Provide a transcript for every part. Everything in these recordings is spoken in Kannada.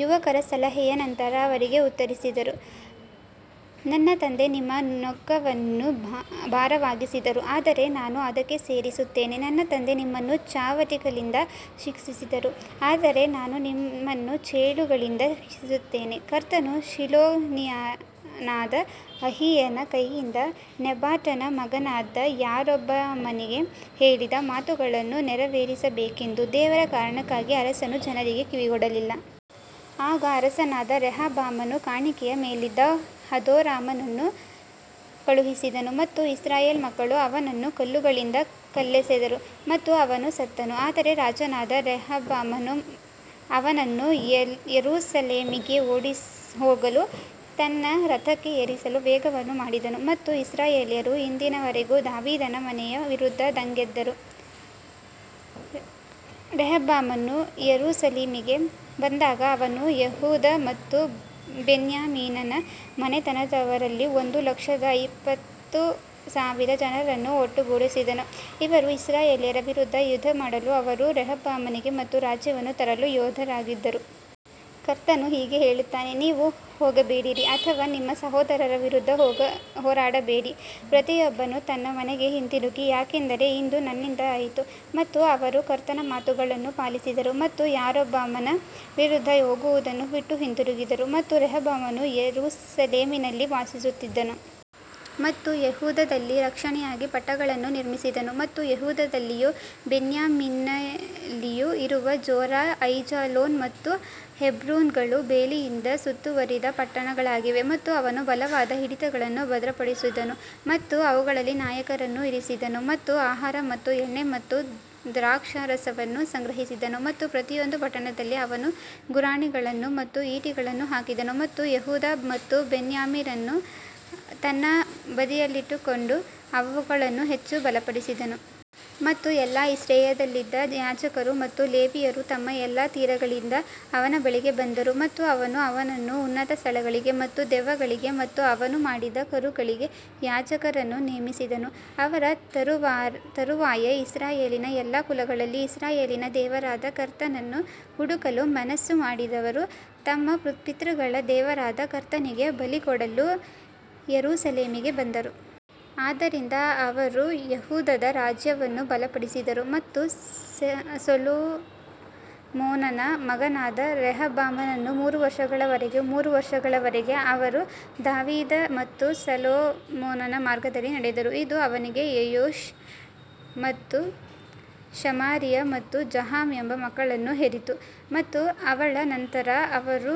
ಯುವಕರ ಸಲಹೆಯ ನಂತರ ಅವರಿಗೆ ಉತ್ತರಿಸಿದರು, ನನ್ನ ತಂದೆ ನಿಮ್ಮ ನೊಗವನ್ನು ಭಾರವಾಗಿಸಿದರು ಆದರೆ ನಾನು ಅದಕ್ಕೆ ಸೇರಿಸುತ್ತೇನೆ ನನ್ನ ತಂದೆ ನಿಮ್ಮನ್ನು ಚಾವಟಿಗಳಿಂದ ಶಿಕ್ಷಿಸಿದರು ಆದರೆ ನಾನು ನಿಮ್ಮನ್ನು ಚೇಳುಗಳಿಂದ ಶಿಕ್ಷಿಸುತ್ತೇನೆ. ಕರ್ತನು ಶಿಲೋನಿಯನಾದ ಅಹೀಯನ ಕೈಯಿಂದ ನೆಬಾಟನ ಮಗನಾದ ಯಾರೊಬ್ಬಾಮನಿಗೆ ಹೇಳಿದ ಮಾತುಗಳನ್ನು ನೆರವೇರಿಸಬೇಕೆಂದು ದೇವರ ಕಾರಣಕ್ಕಾಗಿ ಅರಸನು ಜನರಿಗೆ ಕಿವಿಗೊಡಲಿಲ್ಲ. ಆಗ ಅರಸನಾದ ರೆಹಬ್ಬಾಮನು ಕಾಣಿಕೆಯ ಮೇಲಿದ್ದ ಹದೋರಾಮನನ್ನು ಕಳುಹಿಸಿದನು ಮತ್ತು ಇಸ್ರಾಯೇಲ್ ಮಕ್ಕಳು ಅವನನ್ನು ಕಲ್ಲುಗಳಿಂದ ಕಲ್ಲೆಸೆದರು ಮತ್ತು ಅವನು ಸತ್ತನು ಆದರೆ ರಾಜನಾದ ರೆಹಬ್ಬಾಮನು ಅವನನ್ನು ಯೆರೂಸಲೇಮಿಗೆ ಓಡಿಹೋಗಲು ತನ್ನ ರಥಕ್ಕೆ ಏರಿಸಲು ವೇಗವನ್ನು ಮಾಡಿದನು. ಮತ್ತು ಇಸ್ರಾಯೇಲ್ಯರು ಇಂದಿನವರೆಗೂ ದಾವೀದನ ಮನೆಯ ವಿರುದ್ಧ ದಂಗೆಯೆದ್ದರು ರೆಹಬ್ಬಾಮನು ಯೆರೂಸಲೇಮಿಗೆ ಬಂದಾಗ ಅವನು ಯೆಹೂದ ಮತ್ತು ಬೆನ್ಯಾಮೀನನ ಮನೆತನದವರಲ್ಲಿ ಒಂದು ಲಕ್ಷದ ಎಪ್ಪತ್ತು ಸಾವಿರ ಜನರನ್ನು ಒಟ್ಟುಗೂಡಿಸಿದನು, ಅವರು ಇಸ್ರಾಯೇಲ್ಯರ ವಿರುದ್ಧ ಯುದ್ಧಮಾಡಲು ಅವರು ರೆಹಬ್ಬಾಮನಿಗೆ ಮತ್ತೆ ರಾಜ್ಯವನ್ನು ತರಲು ಯೋಧರಾಗಿದ್ದರು. ಕರ್ತನು ಹೀಗೆ ಹೇಳುತ್ತಾನೆ ನೀವು ಹೋಗಬೇಡಿರಿ ಅಥವಾ ನಿಮ್ಮ ಸಹೋದರರ ವಿರುದ್ಧ ಹೋರಾಡಬೇಡಿ ಪ್ರತಿಯೊಬ್ಬನು ತನ್ನ ಮನೆಗೆ ಹಿಂತಿರುಗಿ ಯಾಕಂದರೆ ಇದು ನನ್ನಿಂದ ಆಯಿತು ಮತ್ತು ಅವರು ಕರ್ತನ ಮಾತುಗಳನ್ನು ಪಾಲಿಸಿದರು ಮತ್ತು ಯಾರೊಬ್ಬಾಮನ ವಿರುದ್ಧ ಹೋಗುವುದನ್ನು ಬಿಟ್ಟು ಹಿಂತಿರುಗಿದರು. ಮತ್ತು ರೆಹಬ್ಬಾಮನು ಯೆರೂಸಲೇಮಿನಲ್ಲಿ ವಾಸಿಸುತ್ತಿದ್ದನು ಮತ್ತು ಯೆಹೂದದಲ್ಲಿ ರಕ್ಷಣೆಗಾಗಿ ಪಟ್ಟಣಗಳನ್ನು ನಿರ್ಮಿಸಿದನು ಮತ್ತು ಯೆಹೂದದಲ್ಲಿಯೂ ಬೆನ್ಯಾಮೀನ್ನಲ್ಲಿಯೂ ಇರುವ ಜೋರಾ, ಐಜಾಲೋನ್ ಮತ್ತು ಹೆಬ್ರೋನ್ಗಳು ಬೇಲಿಯಿಂದ ಸುತ್ತುವರಿದ ಪಟ್ಟಣಗಳಾಗಿವೆ ಮತ್ತು ಅವನು ಬಲವಾದ ಹಿಡಿತಗಳನ್ನು ಭದ್ರಪಡಿಸಿದನು ಮತ್ತು ಅವುಗಳಲ್ಲಿ ನಾಯಕರನ್ನು ಇರಿಸಿದನು ಮತ್ತು ಆಹಾರ ಮತ್ತು ಎಣ್ಣೆ ಮತ್ತು ದ್ರಾಕ್ಷಾರಸವನ್ನು ಸಂಗ್ರಹಿಸಿದನು ಮತ್ತು ಪ್ರತಿಯೊಂದು ಪಟ್ಟಣದಲ್ಲಿ ಅವನು ಗುರಾಣಿಗಳನ್ನು ಮತ್ತು ಈಟಿಗಳನ್ನು ಹಾಕಿದನು ಮತ್ತು ಯೆಹೂದ ಮತ್ತು ಬೆನ್ಯಾಮಿನರನ್ನು ತನ್ನ ಬದಿಯಲ್ಲಿಟ್ಟುಕೊಂಡು ಅವುಗಳನ್ನು ಹೆಚ್ಚು ಬಲಪಡಿಸಿದನು. ಮತ್ತು ಎಲ್ಲಾ ಇಸ್ರಾಯೇಲ್ಯರಲ್ಲಿದ್ದ ಯಾಜಕರು ಮತ್ತು ಲೇವಿಯರು ತಮ್ಮ ಎಲ್ಲಾ ತೀರಗಳಿಂದ ಅವನ ಬಳಿಗೆ ಬಂದರು ಮತ್ತು ಅವನು ಅವನನ್ನು ಉನ್ನತ ಸ್ಥಳಗಳಿಗೆ ಮತ್ತು ದೆವ್ವಗಳಿಗೆ ಮತ್ತು ಅವನು ಮಾಡಿದ ಕರುಗಳಿಗೆ ಯಾಜಕರನ್ನು ನೇಮಿಸಿದನು. ಅವರ ತರುವಾಯ ಇಸ್ರಾಯೇಲಿನ ಎಲ್ಲಾ ಕುಲಗಳಲ್ಲಿ ಇಸ್ರಾಯೇಲಿನ ದೇವರಾದ ಕರ್ತನನ್ನು ಹುಡುಕಲು ಮನಸ್ಸು ಮಾಡಿದವರು ತಮ್ಮ ಪಿತೃಗಳ ದೇವರಾದ ಕರ್ತನಿಗೆ ಬಲಿಕೊಡಲು ಯೆರೂಸಲೇಮಿಗೆ ಬಂದರು. ಆದ್ದರಿಂದ ಅವರು ಯೆಹೂದದ ರಾಜ್ಯವನ್ನು ಬಲಪಡಿಸಿದರು ಮತ್ತು ಸೊಲೊಮೋನನ ಮಗನಾದ ರೆಹಬ್ಬಾಮನನ್ನು ಮೂರು ವರ್ಷಗಳವರೆಗೆ ಮೂರು ವರ್ಷಗಳವರೆಗೆ ಅವರು ದಾವೀದ ಮತ್ತು ಸೊಲೊಮೋನನ ಮಾರ್ಗದಲ್ಲಿ ನಡೆದರು. ಇದು ಅವನಿಗೆ ಯೆಯೂಷ್ ಮತ್ತು ಶಮಾರಿಯಾ ಮತ್ತು ಜಹಾಮ್ ಎಂಬ ಮಕ್ಕಳನ್ನು ಹೆರಿತು ಮತ್ತು ಅವಳ ನಂತರ ಅವನು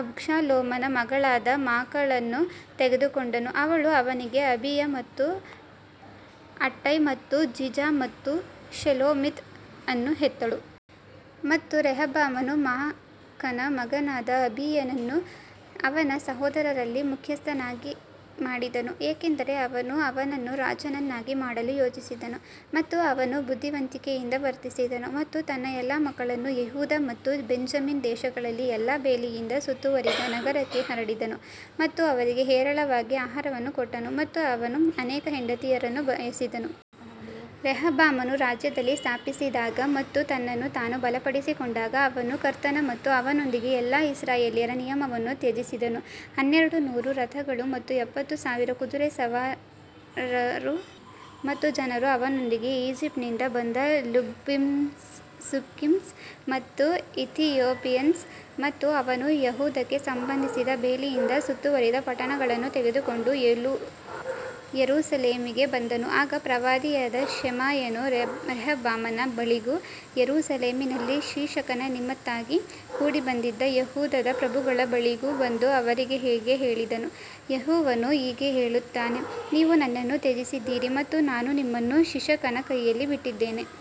ಅಬ್ಷಾಲೋಮನ ಮಗಳಾದ ಮಾಕಳನ್ನು ತೆಗೆದುಕೊಂಡನು, ಅವಳು ಅವನಿಗೆ ಅಬೀಯ ಮತ್ತು ಅಟ್ಟೈ ಮತ್ತು ಜಿಜಾ ಮತ್ತು ಶೆಲೋಮಿತ್ ಅನ್ನು ಹೆತ್ತಳು. ಮತ್ತು ರೆಹಬ್ಬಾಮನು ಮಾಕನ ಮಗನಾದ ಅಬೀಯನನ್ನು ಅವನ ಸಹೋದರರಲ್ಲಿ ಮುಖ್ಯಸ್ಥನನ್ನಾಗಿ ಮಾಡಿದನು, ಏಕೆಂದರೆ ಅವನು ಅವನನ್ನು ರಾಜನನ್ನಾಗಿ ಮಾಡಲು ಯೋಚಿಸಿದನು. ಮತ್ತು ಅವನು ಬುದ್ಧಿವಂತಿಕೆಯಿಂದ ವರ್ತಿಸಿದನು ಮತ್ತು ತನ್ನ ಎಲ್ಲಾ ಮಕ್ಕಳನ್ನು ಯೆಹೂದ ಮತ್ತು ಬೆಂಜಮಿನ್ ದೇಶಗಳಲ್ಲಿ ಎಲ್ಲಾ ಬೇಲಿಯಿಂದ ಸುತ್ತುವರಿದ ನಗರಕ್ಕೆ ಹರಡಿದನು ಮತ್ತು ಅವರಿಗೆ ಹೇರಳವಾಗಿ ಆಹಾರವನ್ನು ಕೊಟ್ಟನು ಮತ್ತು ಅವನು ಅನೇಕ ಹೆಂಡತಿಯರನ್ನು ಬಯಸಿದನು. ರೆಹಬ್ಬಾಮನು ರಾಜ್ಯವನ್ನು ಸ್ಥಾಪಿಸಿದಾಗ ಮತ್ತು ತನ್ನನ್ನು ತಾನು ಬಲಪಡಿಸಿಕೊಂಡಾಗ ಅವನು ಕರ್ತನ ಮತ್ತು ಅವನೊಂದಿಗೆ ಎಲ್ಲಾ ಇಸ್ರಾಯೇಲ್ಯರ ನಿಯಮವನ್ನು ತ್ಯಜಿಸಿದನು. ಹನ್ನೆರಡು ನೂರು ರಥಗಳು ಮತ್ತು ಎಪ್ಪತ್ತು ಸಾವಿರ ಕುದುರೆ ಸವಾರರು ಮತ್ತು ಜನರು ಅವನೊಂದಿಗೆ ಈಜಿಪ್ಟಿನಿಂದ ಬಂದ ಲುಬಿಮ್ಸ್ ಸುಕ್ಕಿಮ್ಸ್ ಮತ್ತು ಇಥಿಯೋಪಿಯನ್ಸ್ ಮತ್ತು ಅವನು ಯೆಹೂದಕ್ಕೆ ಸಂಬಂಧಿಸಿದ ಬೇಲಿಯಿಂದ ಸುತ್ತುವರಿದ ಪಟ್ಟಣಗಳನ್ನು ತೆಗೆದುಕೊಂಡು ಯೆರೂಸಲೇಮಿಗೆ ಬಂದನು ಆಗ ಪ್ರವಾದಿಯಾದ ಶೆಮಾಯನು ರೆಹಬ್ಬಾಮನ ಬಳಿಗೂ ಯೆರೂಸಲೇಮಿನಲ್ಲಿ ಶೀಶಕನ ನಿಮಿತ್ತವಾಗಿ ಕೂಡಿಬಂದಿದ್ದ ಯೆಹೂದದ ಪ್ರಭುಗಳ ಬಳಿಗೂ ಬಂದು ಅವರಿಗೆ ಹೀಗೆ ಹೇಳಿದನು, ಯೆಹೋವನು ಹೀಗೆ ಹೇಳುತ್ತಾನೆ ನೀವು ನನ್ನನ್ನು ತ್ಯಜಿಸಿದ್ದೀರಿ ಮತ್ತು ನಾನು ನಿಮ್ಮನ್ನು ಶಿಶಕನ ಕೈಯಲ್ಲಿ ಬಿಟ್ಟಿದ್ದೇನೆ.